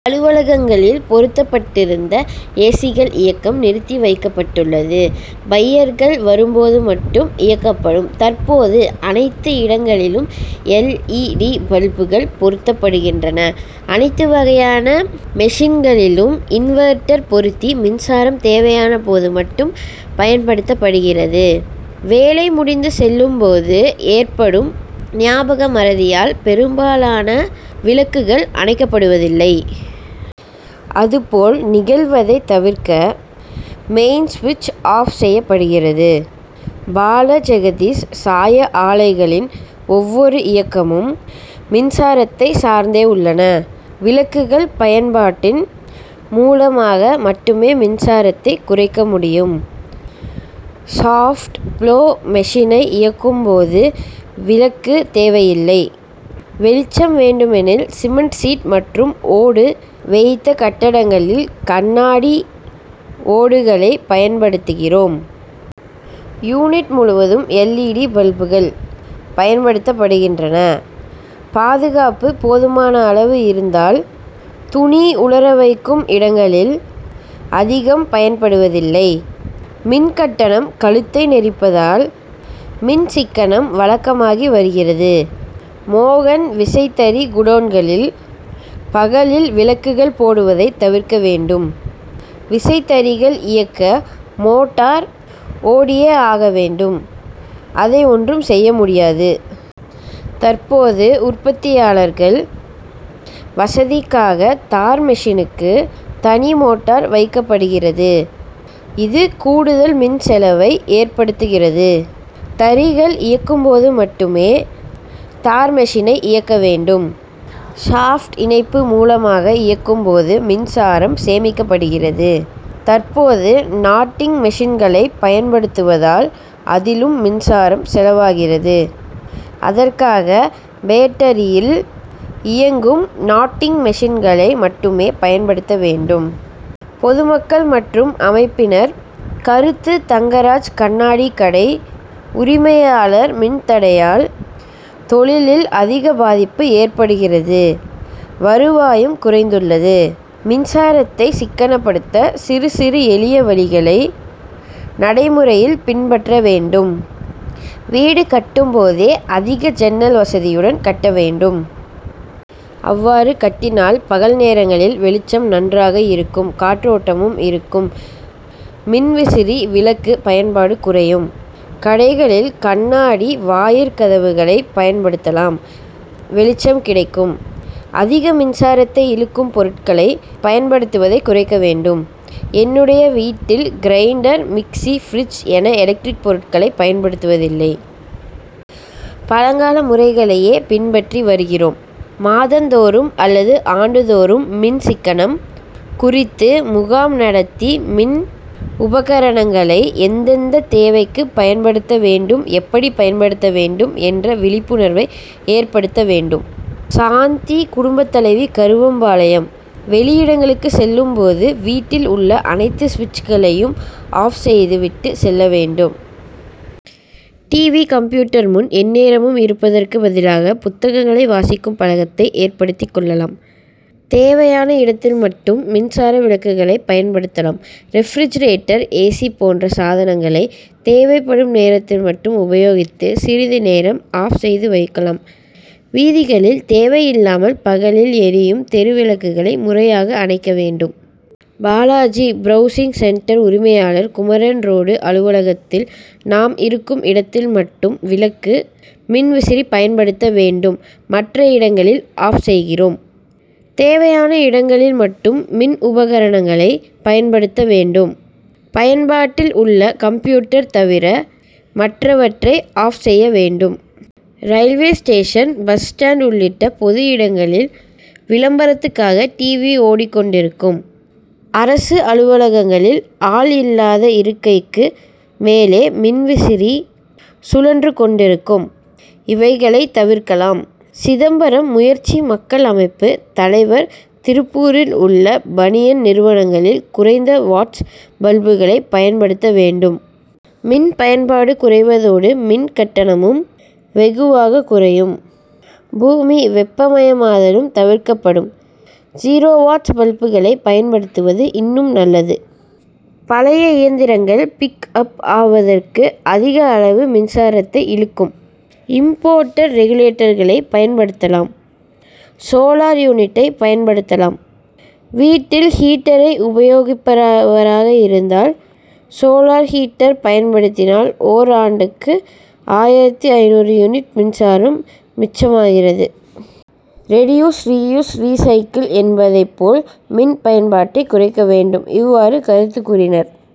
அலுவலகங்களில் பொருத்தப் பட் டிருந்த ஏசிகள் இயக்கம் நிறுத்தி வைக்கப்பட்டுள்ளது. பையர்கள் வரும்போது மட்டும் இயக்கப்படும். தற்போது அனைத்து இடங்களிலும் எல். இ. டி.பல்புகள் பொருத்தப்படுகின்றன. அனைத்து வகையான மெஷின்களிலும் இன்வெர்ட்டர் பொருத்தி மின்சாரம் தேவையான போது மட்டும் பயன்படுத்தப்படுகிறது. வேலை முடிந்துசெல்லும் போது ஏற்படும் ஞாபக மறதியால் பெரும்பாலான விளக்குகள் அணைக்கப்படுவதில்லை. அதுபோல் நிகழ்வதை தவிர்க்க மெயின் சுவிட்ச் ஆப் செய்யப்படுகிறது. பாலஜெகதீஷ் சாய ஆலைகளின் ஒவ்வொரு இயக்கமும் மின்சாரத்தை சார்ந்தே உள்ளன. விளக்குகள் பயன்பாட் டின் மூலமாக மட்டுமே மின்சாரத்தை குறைக்க முடியும். சாப்ட் ப்ளோ மெஷினை இயக்கும் போது விளக்கு தேவையில்லை. வெளிச்சம் வேண்டுமெனில் சிமென்ட் சீட் மற்றும் ஓடு வேய்ந்த கட்டடங்களில் கண்ணாடி ஓடுகளை பயன்படுத்துகிறோம். யூனிட் முழுவதும் எல். இ. டி.பல்புகள் பயன்படுத்தப்படுகின்றன. பாதுகாப்பு போதுமான அளவு இருந்தால் துணி உலர வைக்கும் இடங்களில் அதிகம் பயன்படுத்துவதில்லை. மின்கட்டணம் கழுத்தை நெரிப்பதால் மின் சிக்கனம் வழக்கமாகி வருகிறது. மோகன் விசைத்தறி குடோன்களில் பகலில் விளக்குகள் போடுவதை தவிர்க்க வேண்டும். விசைத்தறிகள் இயங்க மோட்டார் ஓடியே ஆக வேண்டும் அதை ஒன்றும் செய்ய முடியாது. தற்போது உற்பத்தியாளர்கள் வசதிக்காக தார்மெஷினுக்கு தனிமோட்டார் வைக்கப்படுகிறது. இது கூடுதல் மின்செலவை ஏற்படுத்துகிறது. தறிகள் இயங்கும் போது மட்டுமே தார் மெஷினை இயக்க வேண்டும். ஷாப்ட் இணைப்பு மூலமாக இயக்கும் போது மின்சாரம் சேமிக்கப்படுகிறது. தற்போது நாட்டிங் மெஷின்களை பயன்படுத்துவதால் அதிலும் மின்சாரம் செலவாகிறது. அதற்காக பேட்டரியில் இயங்கும் நாட்டிங் மெஷின்களை மட்டுமே பயன்படுத்த வேண்டும். பொதுமக்கள் மற்றும் அமைப்பினர் கருத்து தங்கராஜ் கண்ணாடி கடை உரிமையாளர் மின் தடையால் தொழிலில் அதிக பாதிப்பு ஏற்படுகிறது வருவாயும் குறைந்துள் ளது. மின்சாரத்தை சிக்கனப்படுத்த சிறு சிறு எளிய வழிகளை நடைமுறையில் பின்பற்ற வேண்டும். வீடு கட்டும் போதே அதிக ஜன்னல் வசதியுடன் கட்ட வேண்டும். அவ்வாறு கட்டினால் பகல் நேரங்களில் வெளிச்சம் நன்றாக இருக்கும் காற்றோட்டமும் இருக்கும். மின்விசிறி விளக்கு பயன்பாடு குறையும். கடைகளில் கண்ணாடி வாயிற்கதவுகளை பயன்படுத்தலாம் வெளிச்சம் கிடைக்கும். அதிக மின்சாரத்தை இழுக்கும் பொருட்களை பயன்படுத்துவதை குறைக்க வேண்டும். என்னுடைய வீட்டில் கிரைண்டர், மிக்ஸி, பிரிட்ஜ் என எலக்ட்ரிக் பொருட்களை பயன்படுத்துவதில்லை. பழங்கால முறைகளையே பின்பற்றி வருகிறோம். மாதந்தோறும் அல்லது ஆண்டுதோறும் மின் சிக்கனம் குறித்து முகாம் நடத்தி மின் உபகரணங்களை எந்தெந்த தேவைக்கு பயன்படுத்த வேண்டும் எப்படி பயன்படுத்த வேண்டும் என்ற விழிப்புணர்வை ஏற்படுத்த வேண்டும். சாந்தி குடும்ப தலைவி கருவம்பாளையம் வெளியிடங்களுக்கு செல்லும் போது வீட்டில் உள்ள அனைத்து சுவிட்சுகளையும் ஆப் செய்து விட்டுச் செல்ல வேண்டும். டிவி, கம்ப்யூட்டர் முன் எந்நேரமும் இருப்பதற்கு பதிலாக புத்தகங்களை வாசிக்கும் பழக்கத்தை ஏற்படுத்திக் கொள்ளலாம். தேவையான இடத்தில் மட்டும் மின்விசிறி விளக்குகளை பயன்படுத்தலாம். Refrigerator A. சி. போன்ற சாதனங்களை தேவைப்படும் நேரத்தில் மட்டும் உபயோகித்து சிறிது நேரம் ஆப் செய்து வைக்கலாம். வீதிகளில் தேவை இல்லாமல் பகலில் எரியும் தெருவிளக்குகளை முறையாக அணைக்க வேண்டும். பாலாஜி பிரவுசிங் சென்டர் உரிமையாளர் குமரன் ரோடு அலுவலகத்தில் நாம் இருக்கும் இடத்தில் மட்டும் விளக்கு மின்விசிறி பயன்படுத்த வேண்டும் மற்ற இடங்களில் ஆப் செய்கிறோம். தேவையான இடங்களில் மட்டும் மின் உபகரணங்களை பயன்படுத்த வேண்டும். பயன்பாட்டில் உள்ள கம்ப்யூட்டர் தவிர மற்றவற்றை ஆப் செய்ய வேண்டும். ரயில்வே ஸ்டேஷன் பஸ் ஸ்டாண்ட் உள்ளிட்ட பொது இடங்களில விளம்பரத்துக்காக டிவி ஓடிக்கொண்டிருக்கும். அரசு அலுவலகங்களில் ஆள் இல்லாத இருக்கைக்கு மேலே மின் விசிறி சுழன்று கொண்டிருக்கும். இவைகளை தவிர்க்கலாம். சிதம்பரம் முயற்சி மக்கள் அமைப்பு தலைவர் திருப்பூரில் உள்ள பனியன் நிறுவனங்களில் குறைந்த வாட்ஸ் பல்புகளை பயன்படுத்த வேண்டும். மின் பயன்பாடு குறைவதோடு மின் கட்டணமும் வெகுவாக குறையும். பூமி வெப்பமயமாதலும் தவிர்க்கப்படும். ஜீரோ வாட்ஸ் பல்புகளை பயன்படுத்துவது இன்னும் நல்லது. பழைய இயந்திரங்கள் பிக் அப் ஆவதற்கு அதிக அளவு மின்சாரத்தை இழுக்கும் இம்போர்ட்டட் ரெகுலேட்டர்களை பயன்படுத்தலாம். சோலார் யூனிட்டை பயன்படுத்தலாம். வீட்டில் ஹீட்டரை உபயோகிப்பவராக இருந்தால் சோலார் ஹீட்டர் பயன்படுத்தினால் ஓராண்டுக்கு ஆயிரத்து ஐநூறு யூனிட் மின்சாரம் மிச்சமாகிறது. ரெடியூஸ் ரீயூஸ் ரீசைக்கிள் என்பதை போல் மின் பயன்பாட்டை குறைக்க வேண்டும். இவ்வாறு கருத்து கூறினர்.